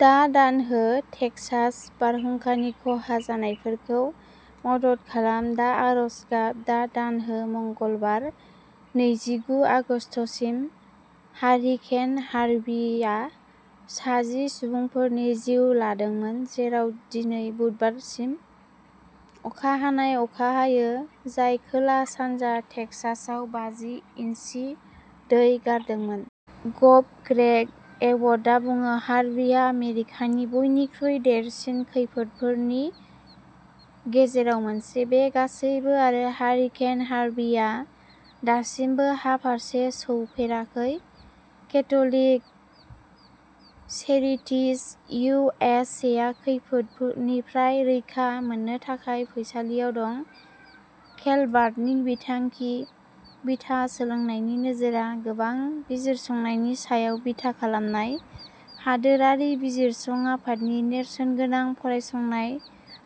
दा दान हो, टेक्सास बारहुंखानि खहा जानायफोरखौ मदद खालाम दा आरज गाब, दा दान हो मंगलबार, नैजिगु आगस्तसिम, हारिकेन हार्विआ सा जि सुबुंफोरनि जिउ लादोंमोन, जेराव दिनै बुधबारसिम अखा हानाय अखा हायो, जाय खोला-सानजा टेक्सासआव बाजि इन्सि दै गारदोंमोन। गभ ग्रेग एबटआ बुङो हार्विआ आमेरिकानि बयनिख्रुइ देरसिन खैफोदफोरनि गेजेराव मोनसे। बे गासैबो आरो हारिकेन हार्विआ दासिमबो हा फारसे सौफेराखै। Catholic Charities U S A आ खैफोदनिफ्राय रैखा मोननो थाखाय फैसालियाव दं। केलभार्टनि बिथांखि बिथा सोलोंनायनि नोजोरआ गोबां बिजिरसंनायनि सायाव बिथा खालामनाय, हादोरारि बिजिरसं आफादनि नेरसोनगोनां फरायसंनाय,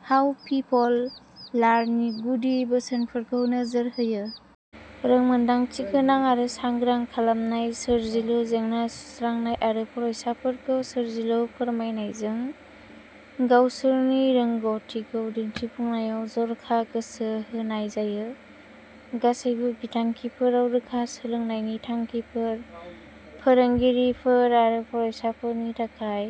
हाउ पिपल लार्ननि गुदि बोसोनफोरखौ नोजोर होयो। रोंमोनदांथिगोनां आरो सांग्रां खालामनाय, सोरजिलु जेंना सुस्रांनाय आरो फरायसाफोरखौ सोरजिलु फोरमायनायजों गावसोरनि रोंग'थिखौ दिन्थिफुंनायाव जर'खा गोसो होनाय जायो। गासैबो बिथांखिफोराव रोखा सोलोंनायनि थांखिफोर, फोरोंगिरिफोर आरो फरायसाफोरनि थाखाय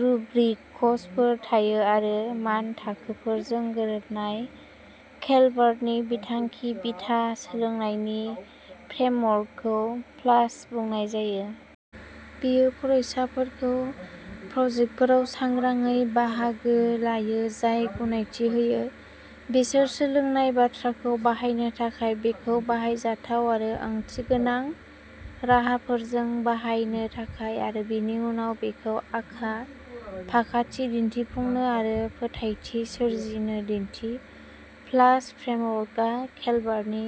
रुब्रिक्सफोर थायो आरो मानथाखोफोरजों गोरोबनाय। केलभार्टनि बिथांखि बिथा सोलोंनायनि फ्रेमवर्कखौ प्लास बुंनाय जायो। बेयो फरायसाफोरखौ प्रजेक्टफोराव सांग्राङै बाहागो लायो जाय गनायथि होयो। बिसोर सोलोंनाय बाथ्राखौ बाहायनो थाखाय बेखौ बाहायजाथाव आरो ओंथिगोनां राहाफोरजों बाहायनो थाखाय आरो बेनि उनाव बेखौ आखा-फाखाथि दिनथिफुंनो आरो फोथायथि सोरजिनो दिन्थि। प्लास फ्रेमवर्कआ केलभार्टनि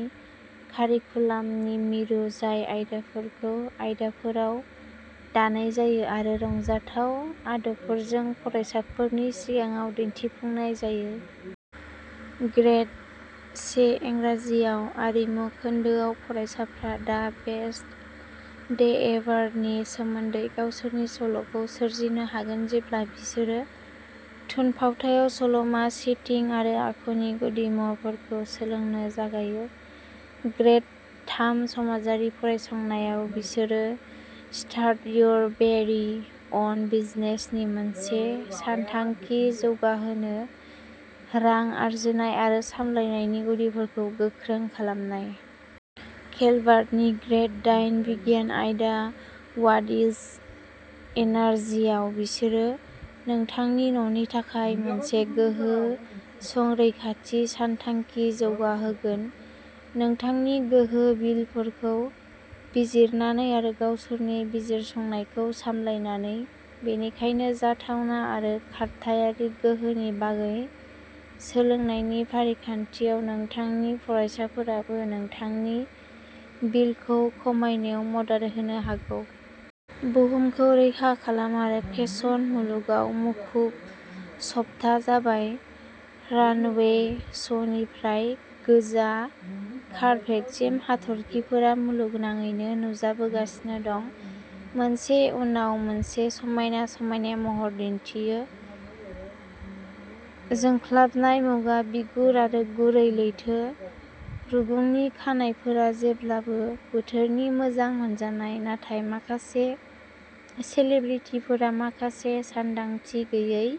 कारिकुलामनि मिरु, जाय आयदाफोरखौ आयदाफोराव दानाय जायो आरो रंजाथाव आदबफोरजों फरायसाफोरनि सिगाङाव दिन्थिफुंनाय जायो। ग्रेड से इंराजि राव आरिमु खोन्दोआव, फरायसाफ्रा दा बेस्ट डे एभार नि सोमोन्दै गावसोरनि सल'खौ सोरजिनो हागोन जेब्ला बिसोरो थुनफावथाइयाव सल'मा, सेटिं आरो आखुनि गुदिमुवाफोरखौ सोलोंनो जागायो। ग्रेड थाम समाजारि फरायसंनायाव, बिसोरो start your very own business नि मोनसे सानथांखि जौगाहोगोन रां आर्जिनाय आरो सामलायनायनि गुदिफोरखौ गोख्रों खालामनाय। केलभार्टनि ग्रेड दाइन बिगियान आयदा, वाट इज एनार्जिआव, बिसोरो नोंथांनि न'नि थाखाय मोनसे गोहो संरैखाथि सानथांखि जौगाहोगोन, नोंथांनि गोहो बिलफोरखौ बिजिरनानै आरो गावसोरनि बिजिरसंनायखौ सामलायनानै। बेनिखायनो जाथावना आरो खारथायारि गोहोनि बागै सोलोंनायनि फारिखान्थियाव, नोंथांनि फरायसाफोराबो नोंथांनि बिलखौ खमायनायाव मदद होनो हागौ। बुहुमखौ रैखा खालाम आरो फेसन मुलुगाव मुखुब सप्ताह जाबाय। रानवे श'निफ्राय गोजा कार्पेटसिम, हाथरखिफोरा मुलुगनाङैनो नुजाबोगासिनो दं, मोनसे उनाव मोनसे समायना समायना महर दिन्थियो। जोंख्लाबनाय, मुगा बिगुर आरो गुरै लैथो रुगुंनि खानाइफोरा जेब्लाबो बोथोरनि मोजां मोनजानाय, नाथाय माखासे सेलिब्रिटिफोरा माखासे सानदांथि गैयै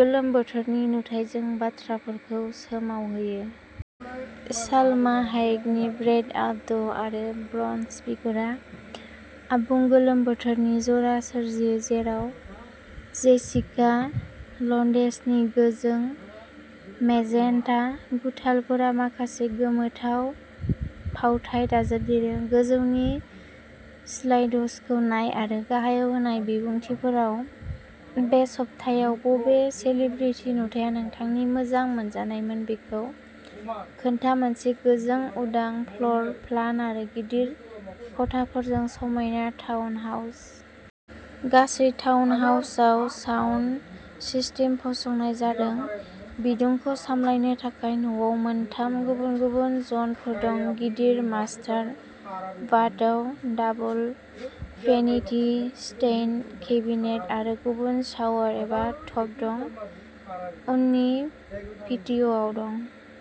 गोलोम बोथोरनि नुथाइजों बाथ्राफोरखौ सोमावहोयो। सलमा हायेकनि ब्रेइड आपद' आरो ब्रन्ज बिगुरा आबुं गोलोम बोथोरनि जरा सोरजियो, जेराव जेसिका लन्डेसनि गोजों मेजेन्टा गुथालफोरा माखासे गोमोथाव फावथाय दाजाबदेरो। गोजौनि स्लाइडश'खौ नाय आरो गाहायाव होनाय बिबुंथिफोराव बे सप्तायाव बबे सेलिब्रिटि नुथाया नोंनि मोजां मोनजानायमोन बेखौ खोन्था मोनसे गोजों, उदां फ्ल'र प्लान आरो गिदिर खथाफोरजों समायना टाउन हाउस। गासै टाउन हाउसआव साउन्ड सिस्टेम फसंनाय जादों। बिदुंखौ सामलायनो थाखाय न'आव मोनथाम गुबुन-गुबुन जनफोर दं। गिदिर मास्टार बाथआव दाबल फेनिटी, स्टेनड केबिनेट आरो गुबुन शावर एबा टब दं। उननि पेटिय'आव दं।